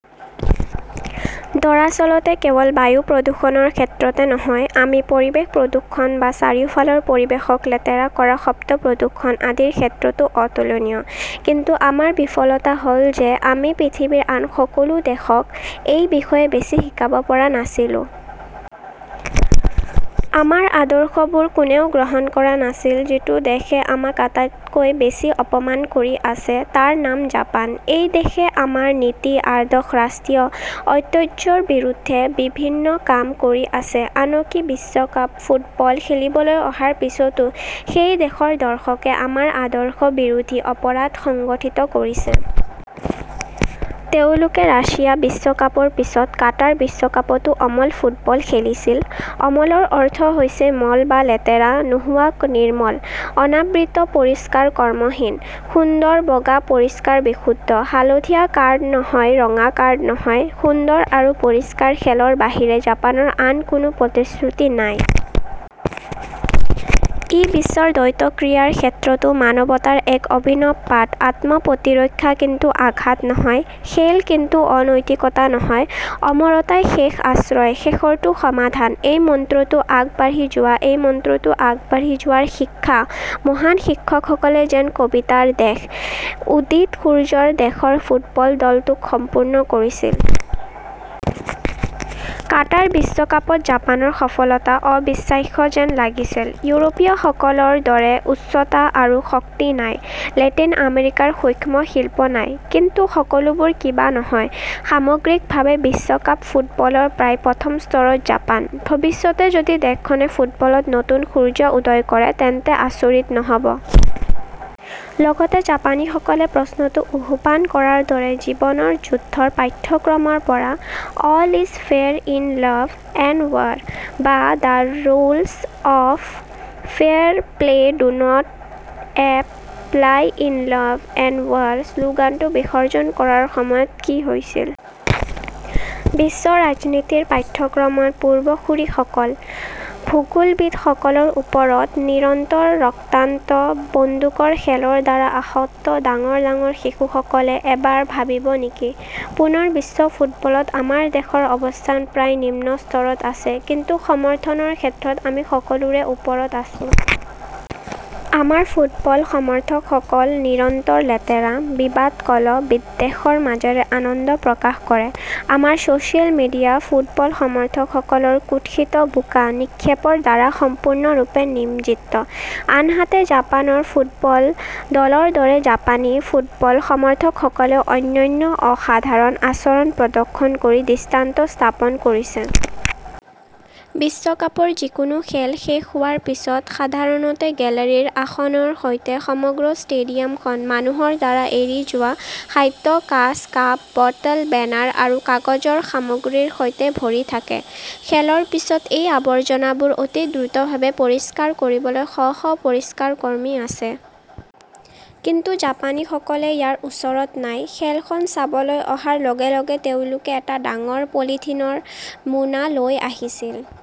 দৰাচলতে কেৱল বায়ু প্ৰদূষণৰ ক্ষেত্ৰতহে নহয়, আমি পৰিৱেশ প্ৰদূষণ বা চাৰিওফালৰ পৰিৱেশক লেতেৰা কৰা, শব্দ প্ৰদূষণ আদিৰ ক্ষেত্ৰতো অতুলনীয়। কিন্তু আমাৰ বিফলতা হ'ল যে, আমি পৃথিৱীৰ আন সকলো দেশক এই বিষয়ে বেছি শিকাব পৰা নাছিলো। আমাৰ আদৰ্শবোৰ কোনেও গ্ৰহণ কৰা নাছিল। যিটো দেশে আমাক আটাইতকৈ বেছি অপমান কৰি আছে, তাৰ নাম জাপান। এই দেশে আমাৰ নীতি, আদৰ্শ, ৰাষ্ট্ৰীয় ঐতিহ্যৰ বিৰুদ্ধে বিভিন্ন কাম কৰি আছে। আনকি বিশ্বকাপ ফুটবল খেলিবলৈ অহাৰ পিছতো সেই দেশৰ দৰ্শকে আমাৰ আদৰ্শ বিৰোধী অপৰাধ সংঘটিত কৰিছে। তেওঁলোকে ৰাছিয়া বিশ্বকাপৰ পিছত কাটাৰ বিশ্বকাপতো অমল ফুটবল খেলিছিল। অমলৰ অৰ্থ হৈছে মল বা লেতেৰা নোহোৱা-নিৰ্মল, অনাবৃত, পৰিষ্কাৰ, কৰ্মহীন। সুন্দৰ, বগা, পৰিষ্কাৰ, বিশুদ্ধ। হালধীয়া কাৰ্ড নহয়, ৰঙা কাৰ্ড নহয়। সুন্দৰ আৰু পৰিষ্কাৰ খেলৰ বাহিৰে জাপানৰ আন কোনো প্ৰতিশ্ৰুতি নাই। ই বিশ্বৰ দ্বৈত ক্ৰীড়াৰ ক্ষেত্ৰতো মানৱতাৰ এক অভিনব পাঠ। আত্ম-প্ৰতিৰক্ষা, কিন্তু আঘাত নহয়। খেল, কিন্তু অনৈতিকতা নহয়। অমৰতাই শেষ আশ্ৰয়। শেষৰটো সমাধান। এই মন্ত্ৰতো আগবাঢ়ি যোৱা, এই মন্ত্ৰতো আগবাঢ়ি যোৱাৰ শিক্ষা, মহান শিক্ষকসকলে জেন-কবিতাৰ দেশ, উদিদ সূৰ্যৰ দেশৰ ফুটবল দলটোক সম্পূৰ্ণ কৰিছিল। কাটাৰ বিশ্বকাপত জাপানৰ সফলতা অবিশ্বাস্য যেন লাগিছিল। ইউৰোপীয়সকলৰ দৰে উচ্চতা আৰু শক্তি নাই, লেটিন আমেৰিকাৰ সূক্ষ্ম শিল্প নাই, কিন্তু সকলোবোৰ কিবা নহয়। সামগ্ৰিকভাৱে, বিশ্বকাপ ফুটবলৰ প্ৰায় প্ৰথম স্তৰত জাপান। ভৱিষ্যতে যদি দেশখনে ফুটবলত নতুন সূৰ্য উদয় কৰে তেন্তে আচৰিত নহ 'ব। লগতে জাপানীসকলে প্ৰশ্নটো উহুপন কৰাৰ দৰে জীৱনৰ যুদ্ধৰ পাঠ্যক্ৰমৰ পৰা all is fair in love and war বা the rules of fair play do not apply in love and war শ্লোগানটো বিসৰ্জন কৰাৰ সময়ত কি হৈছিল? বিশ্ব ৰাজনীতিৰ পাঠ্যক্ৰমৰ পূৰ্বসূৰীসকল, ভূগোলবিদসকলৰ ওপৰত নিৰন্তৰ ৰক্তান্ত বন্দুকৰ খেলৰ দ্বাৰা আসক্ত ডাঙৰ ডাঙৰ শিশুসকলে এবাৰ ভাবিব নেকি? পুনৰ বিশ্ব ফুটবলত আমাৰ দেশৰ অৱস্থান প্ৰায় নিম্ন স্তৰত আছে। কিন্তু সমৰ্থনৰ ক্ষেত্ৰত আমি সকলোৰে ওপৰত আছো। আমাৰ ফুটবল সমৰ্থকসকলে নিৰন্তৰ লেতেৰা, বিবাদ, কলহ, বিদ্বেষৰ মাজেৰে আনন্দ প্ৰকাশ কৰে। আমাৰ ছ'চিয়েল মিডিয়া ফুটবল সমৰ্থকসকলৰ কুৎসিত বোকা নিক্ষেপৰ দ্বাৰা সম্পূৰ্ণৰূপে নিমজ্জিত। আনহাতে, জাপানৰ ফুটবল দলৰ দৰে জাপানী ফুটবল সমৰ্থকসকলেও অনন্য অসাধাৰণ আচৰণ প্ৰদৰ্শন কৰি দৃষ্টান্ত স্থাপন কৰিছে। বিশ্বকাপৰ যিকোনো খেল শেষ হোৱাৰ পিছত সাধাৰণতে গেলেৰীৰ আসনৰ সৈতে সমগ্ৰ ষ্টেডিয়ামখন মানুহৰ দ্বাৰা এৰি যোৱা খাদ্য, কাঁচ, কাপ, বটল, বেনাৰ আৰু কাগজৰ সামগ্ৰীৰ সৈতে ভৰি থাকে। খেলৰ পিছৰ এই আৱৰ্জনাবোৰ অতি দ্ৰুতভাৱে পৰিষ্কাৰ কৰিবলৈ শ শ পৰিষ্কাৰ কৰ্মী আছে। কিন্তু জাপানীসকলে ইয়াৰ ওচৰত নাই। খেলখন চাবলৈ অহাৰ লগে লগে তেওঁলোকে এটা ডাঙৰ পলিথিনৰ মোনা লৈ আহিছিল।